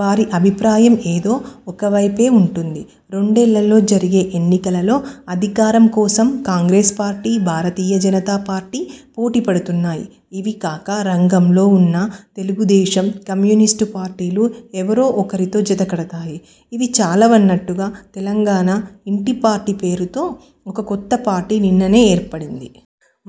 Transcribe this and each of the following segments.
వారి అభిప్రాయం ఏదో ఒకవైపే ఉంటుంది. రెండేళ్లలో జరిగే ఎన్నికలలో అధికారం కోసం కాంగ్రెస్ పార్టీ, భారతీయ జనతా పార్టీ పోటీ పడుతున్నాయి. ఇవికాక రంగంలో ఉన్న తెలుగుదేశం, కమ్యూనిస్టు పార్టీలు ఎవరో ఒకరితో జత కడతాయి. ఇవి చాలవన్నట్టుగా తెలంగాణ ఇంటి పార్టీ పేరుతో ఒక కొత్త పార్టీ నిన్ననే ఏర్పడింది.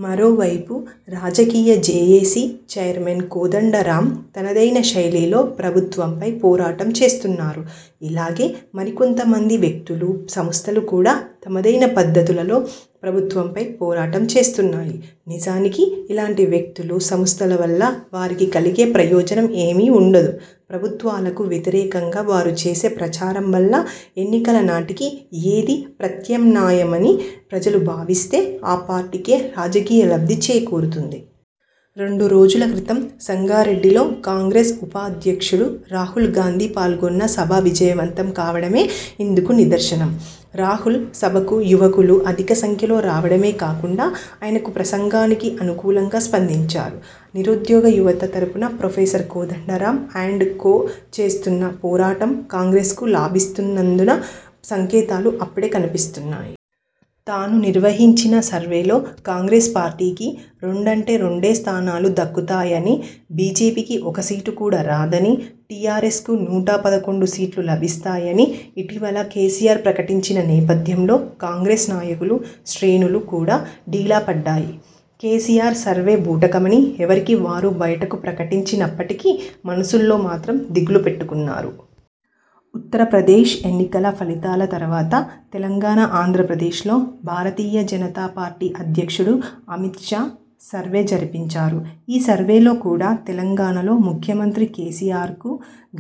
మరోవైపు రాజకీయ జేఏసీ చైర్మన్ కోదండరామ్ తనదైన శైలిలో ప్రభుత్వంపై పోరాటం చేస్తున్నారు. ఇలాగే మరికొంత మంది వ్యక్తులు, సంస్థలు కూడా తమదైన పద్ధతులలో ప్రభుత్వంపై పోరాటం చేస్తున్నాయి. నిజానికి ఇలాంటి వ్యక్తులు, సంస్థల వల్ల వారికి కలిగే ప్రయోజనం ఏమీ ఉండదు. ప్రభుత్వాలకు వ్యతిరేకంగా వారు చేసే ప్రచారం వల్ల ఎన్నికల నాటికి ఏది ప్రత్యామ్నాయమని ప్రజలు భావిస్తే ఆ పార్టీకే రాజకీయ లబ్ధి చేకూరుతుంది. రెండు రోజుల క్రితం సంగారెడ్డిలో కాంగ్రెస్ ఉపాధ్యక్షుడు రాహుల్ గాంధీ పాల్గొన్న సభ విజయవంతం కావడమే ఇందుకు నిదర్శనం. రాహుల్ సభకు యువకులు అధిక సంఖ్యలో రావడమే కాకుండా ఆయన ప్రసంగానికి అనుకూలంగా స్పందించారు. నిరుద్యోగ యువత తరఫున ప్రొఫెసర్ కోదండరామ్ అండ్ కో చేస్తున్న పోరాటం కాంగ్రెస్కు లాభిస్తున్నదన్న సంకేతాలు అప్పుడే కనిపిస్తున్నాయి. తాను నిర్వహించిన సర్వేలో కాంగ్రెస్ పార్టీకి రెండంటే రెండే స్థానాలు దక్కుతాయనీ, బీజేపీకి ఒక్క సీటు కూడా రాదనీ, టీఆర్ఎస్కు నూట పదకొండు సీట్లు లభిస్తాయనీ ఇటీవల కేసీఆర్ ప్రకటించిన నేపథ్యంలో కాంగ్రెస్ నాయకులు, శ్రేణులు కూడా డీలా పడ్డాయి. కేసీఆర్ సర్వే బూటకమని ఎవరికి వారు బయటకు ప్రకటించినప్పటికీ మనస్సుల్లో మాత్రం దిగులు పెట్టుకున్నారు. ఉత్తరప్రదేశ్ ఎన్నికల ఫలితాల తర్వాత తెలంగాణ, ఆంధ్రప్రదేశ్లో భారతీయ జనతా పార్టీ అధ్యక్షుడు అమిత్షా సర్వే జరిపించారు. ఈ సర్వేలో కూడా తెలంగాణలో ముఖ్యమంత్రి కేసీఆర్కు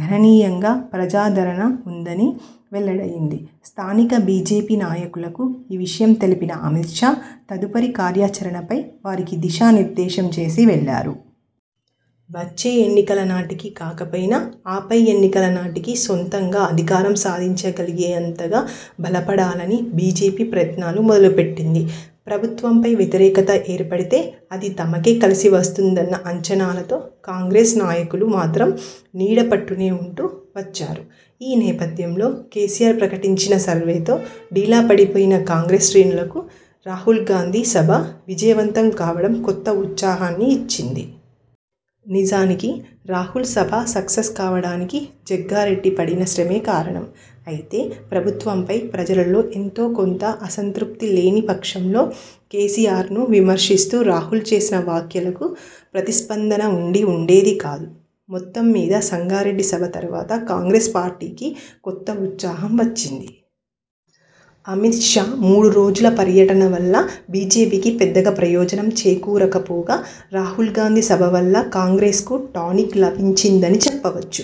గణనీయంగా ప్రజాదరణ ఉందని వెల్లడయ్యింది. స్థానిక బీజేపీ నాయకులకు ఈ విషయం తెలిపిన అమిత్ షా, తదుపరి కార్యాచరణపై వారికి దిశా నిర్దేశం చేసి వెళ్లారు. వచ్చే ఎన్నికల నాటికి కాకపోయినా ఆపై ఎన్నికల నాటికి సొంతంగా అధికారం సాధించగలిగేంతగా బలపడాలని బీజేపీ ప్రయత్నాలు మొదలుపెట్టింది. ప్రభుత్వంపై వ్యతిరేకత ఏర్పడితే అది తమకే కలిసి వస్తుందన్న అంచనాలతో కాంగ్రెస్ నాయకులు మాత్రం నీడ పట్టునే ఉంటూ వచ్చారు. ఈ నేపథ్యంలో కేసీఆర్ ప్రకటించిన సర్వేతో డీలా పడిపోయిన కాంగ్రెస్ శ్రేణులకు రాహుల్ గాంధీ సభ విజయవంతం కావడం కొత్త ఉత్సాహాన్ని ఇచ్చింది. నిజానికి రాహుల్ సభ సక్సెస్ కావడానికి జగ్గారెడ్డి పడిన శ్రమే కారణం! అయితే ప్రభుత్వంపై ప్రజలలో ఎంతో కొంత అసంతృప్తి లేని పక్షంలో కేసీఆర్ను విమర్శిస్తూ రాహుల్ చేసిన వ్యాఖ్యలకు ప్రతిస్పందన ఉండి ఉండేది కాదు. మొత్తంమీద సంగారెడ్డి సభ తర్వాత కాంగ్రెస్ పార్టీకి కొత్త ఉత్సాహం వచ్చింది. అమిత్ షా మూడు రోజుల పర్యటన వల్ల బీజేపీకి పెద్దగా ప్రయోజనం చేకూరకపోగా రాహుల్ గాంధీ సభ వల్ల కాంగ్రెస్కు టానిక్ లభించిందని చెప్పవచ్చు.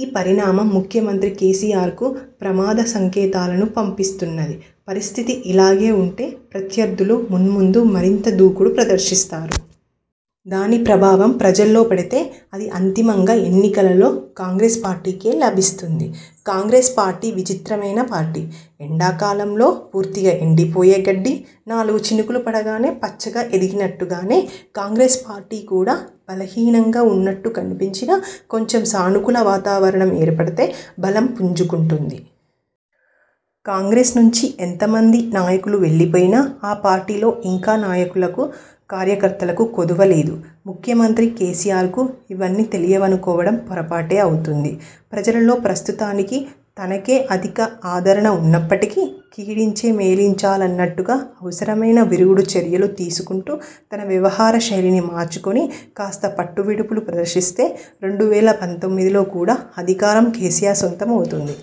ఈ పరిణామం ముఖ్యమంత్రి కేసీఆర్కు ప్రమాద సంకేతాలను పంపిస్తున్నది. పరిస్థితి ఇలాగే ఉంటే ప్రత్యర్థులు మున్ముందు మరింత దూకుడు ప్రదర్శిస్తారు. దాని ప్రభావం ప్రజల్లో పడితే అది అంతిమంగా ఎన్నికలలో కాంగ్రెస్ పార్టీకే లభిస్తుంది. కాంగ్రెస్ పార్టీ విచిత్రమైన పార్టీ. ఎండాకాలంలో పూర్తిగా ఎండిపోయే గడ్డి నాలుగు చినుకులు పడగానే పచ్చగా ఎదిగినట్టుగానే కాంగ్రెస్ పార్టీ కూడా బలహీనంగా ఉన్నట్టు కనిపించినా, కొంచెం సానుకూల వాతావరణం ఏర్పడితే బలం పుంజుకుంటుంది. కాంగ్రెస్ నుంచి ఎంత మంది నాయకులు వెళ్లిపోయినా ఆ పార్టీలో ఇంకా నాయకులకు, కార్యకర్తలకు కొదవ లేదు. ముఖ్యమంత్రి కేసీఆర్కు ఇవన్నీ తెలియవనుకోవడం పొరపాటే అవుతుంది. ప్రజలలో ప్రస్తుతానికి తనకే అధిక ఆదరణ ఉన్నప్పటికీ, కీడెంచి మేలెంచాలన్నట్టుగా అవసరమైన విరుగుడు చర్యలు తీసుకుంటూ తన వ్యవహార శైలిని మార్చుకుని, కాస్త పట్టువిడుపులు ప్రదర్శిస్తే రెండు వేల పంతొమ్మిదిలో కూడా అధికారం కేసీఆర్ సొంతం అవుతుంది!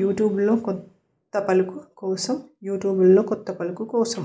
యూట్యూబ్లో 'కొత్త పలుకు' కోసం యూట్యూబ్లో 'కొత్త పలుకు' కోసం